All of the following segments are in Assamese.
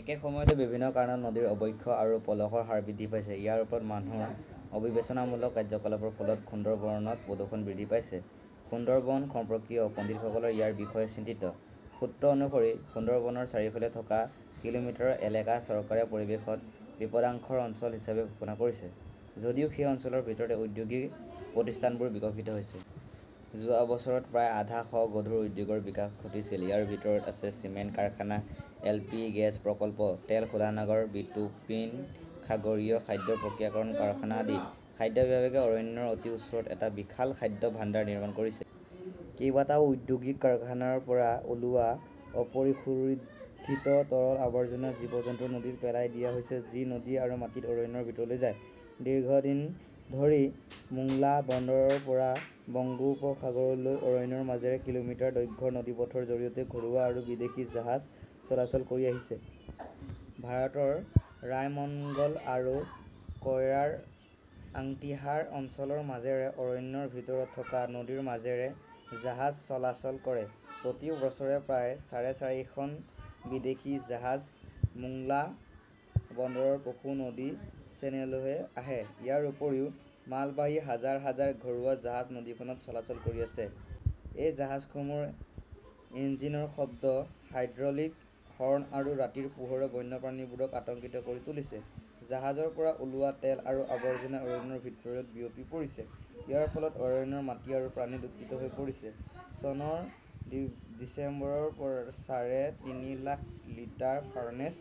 একে সময়তে, বিভিন্ন কাৰণত নদীৰ অৱক্ষয় আৰু পলসৰ হাৰ বৃদ্ধি পাইছে। ইয়াৰ ওপৰত মানুহৰ অবিবেচনামূলক কাৰ্যকলাপৰ ফলত সুন্দৰবনত প্ৰদূষণ বৃদ্ধি পাইছে। সুন্দৰবন সম্পৰ্কীয় পণ্ডিতসকল ইয়াৰ বিষয়ে চিন্তিত। সূত্ৰ অনুসৰি, সুন্দৰবনৰ চাৰিওফালে থকা কিলোমিটাৰ এলেকা চৰকাৰে পৰিৱেশগত বিপদাশংকাৰ অঞ্চল হিচাপে ঘোষণা কৰিছে যদিও সেই অঞ্চলৰ ভিতৰত ঔদ্যোগিক প্ৰতিষ্ঠানবোৰ বিকশিত হৈছে। যোৱা বছৰত প্ৰায় আধা শ গধুৰ উদ্যোগৰ বিকাশ ঘটিছিল। ইয়াৰ ভিতৰত আছে চিমেণ্ট কাৰখানা, এলপি গেছ প্ৰকল্প, তেল শোধনাগাৰ, বিটুমিন, সাগৰীয় খাদ্য প্ৰক্ৰিয়াকৰণ কাৰখানা আদি। খাদ্য বিভাগে অৰণ্যৰ অতি ওচৰত এটা বিশাল খাদ্য ভাণ্ডাৰ নিৰ্মাণ কৰিছে। কেইবাটাও ঔদ্যোগিক কাৰখানাৰ পৰা ওলোৱা অপৰিশোধিত তৰল আৱৰ্জনা জীৱ-জন্তুৰ নদীত পেলাই দিয়া হৈছে, যি নদী আৰু মাটিত অৰণ্যৰ ভিতৰলৈ যায়। দীৰ্ঘদিন ধৰি মোংলা বন্দৰৰ পৰা বংগোপসাগৰলৈ অৰণ্যৰ মাজেৰে কিলোমিটাৰ দৈৰ্ঘ্যৰ নদীপথৰ জৰিয়তে ঘৰুৱা আৰু বিদেশী জাহাজ চলাচল কৰি আহিছে। ভাৰতৰ ৰায়মঙ্গল আৰু কইৰাৰ আংটিহাৰা অঞ্চলৰ মাজেৰে অৰণ্যৰ ভিতৰত থকা নদীৰ মাজেৰে জাহাজ চলাচল কৰে। প্ৰতি বছৰে প্ৰায় চাৰে চাৰিশখন বিদেশী জাহাজ মোংলা বন্দৰৰ পশু নদী চেনেললৈ আহে। ইয়াৰ উপৰিও, মালবাহী হাজাৰ হাজাৰ ঘৰুৱা জাহাজ নদীখনত চলাচল কৰি আছে। এই জাহাজসমূহৰ ইঞ্জিনৰ শব্দ, হাইড্ৰলিক হৰ্ণ আৰু ৰাতিৰ পোহৰে বন্যপ্ৰাণীবোৰক আতংকিত কৰি তুলিছে। জাহাজৰ পৰা ওলোৱা তেল আৰু আৱৰ্জনা অৰণ্যৰ ভিতৰত বিয়পি পৰিছে। ইয়াৰ ফলত অৰণ্যৰ মাটি আৰু পানী দূষিত হৈ পৰিছে। চনৰ ডিচেম্বৰত চাৰে তিনি লাখ লিটাৰ ফাৰ্নেচ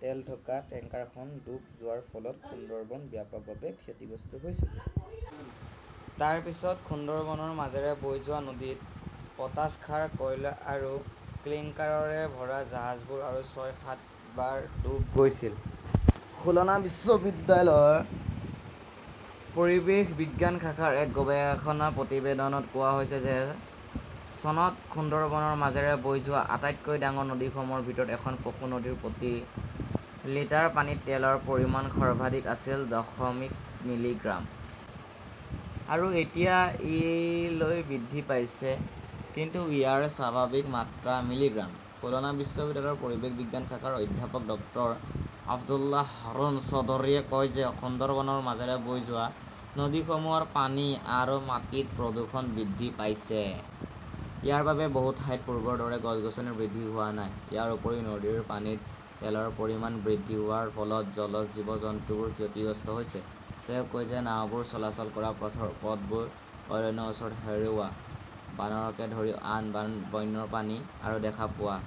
তেল থকা টেংকাৰখন ডুব যোৱাৰ ফলত সুন্দৰবন ব্যাপকভাৱে ক্ষতিগ্ৰস্ত হৈছিল। তাৰ পিছত সুন্দৰবনৰ মাজেৰে বৈ যোৱা নদীত পটাছ সাৰ, কয়লা আৰু ক্লিঙ্কাৰৰে ভৰা জাহাজবোৰ আৰু ছয়-সাতবাৰ ডুব গৈছিল। খুলনা বিশ্ববিদ্যালয়ৰ পৰিৱেশ বিজ্ঞান শাখাৰ এক গৱেষণা প্ৰতিবেদনত কোৱা হৈছে যে চনত সুন্দৰবনৰ মাজেৰে বৈ যোৱা আটাইতকৈ ডাঙৰ নদীসমূহৰ ভিতৰত এখন পশু নদীৰ প্ৰতি লিটাৰ পানীত তেলৰ পৰিমাণ সৰ্বাধিক আছিল দশমিক মিলিগ্ৰাম। আৰু এতিয়া ই লৈ বৃদ্ধি পাইছে। কিন্তু ইয়াৰ স্বাভাৱিক মাত্ৰা মিলিগ্ৰাম। খুলনা বিশ্ববিদ্যালয়ৰ পৰিৱেশ বিজ্ঞান শাখাৰ অধ্যাপক ডক্টৰ আব্দুল্লাহ হাৰুন চৌধুৰীয়ে কয় যে সুন্দৰবনৰ মাজেৰে বৈ যোৱা নদীসমূহৰ পানী আৰু মাটিত প্ৰদূষণ বৃদ্ধি পাইছে। ইয়াৰ বাবেই বহু ঠাইত পূৰ্বৰ দৰে গছ-গছনি বৃদ্ধি হোৱা নাই। ইয়াৰ উপৰিও নদীৰ পানীত তেলৰ পৰিমাণ বৃদ্ধি হোৱাৰ ফলত জলজ জীৱ-জন্তুবোৰ ক্ষতিগ্ৰস্ত হৈছে। তেওঁ কয় যে নাওবোৰে চলাচল কৰা পথবোৰৰ অৰণ্যৰ ওচৰত হেৰুৱা, বানৰকে ধৰি আন বন্যপ্ৰাণী আৰু দেখা পোৱা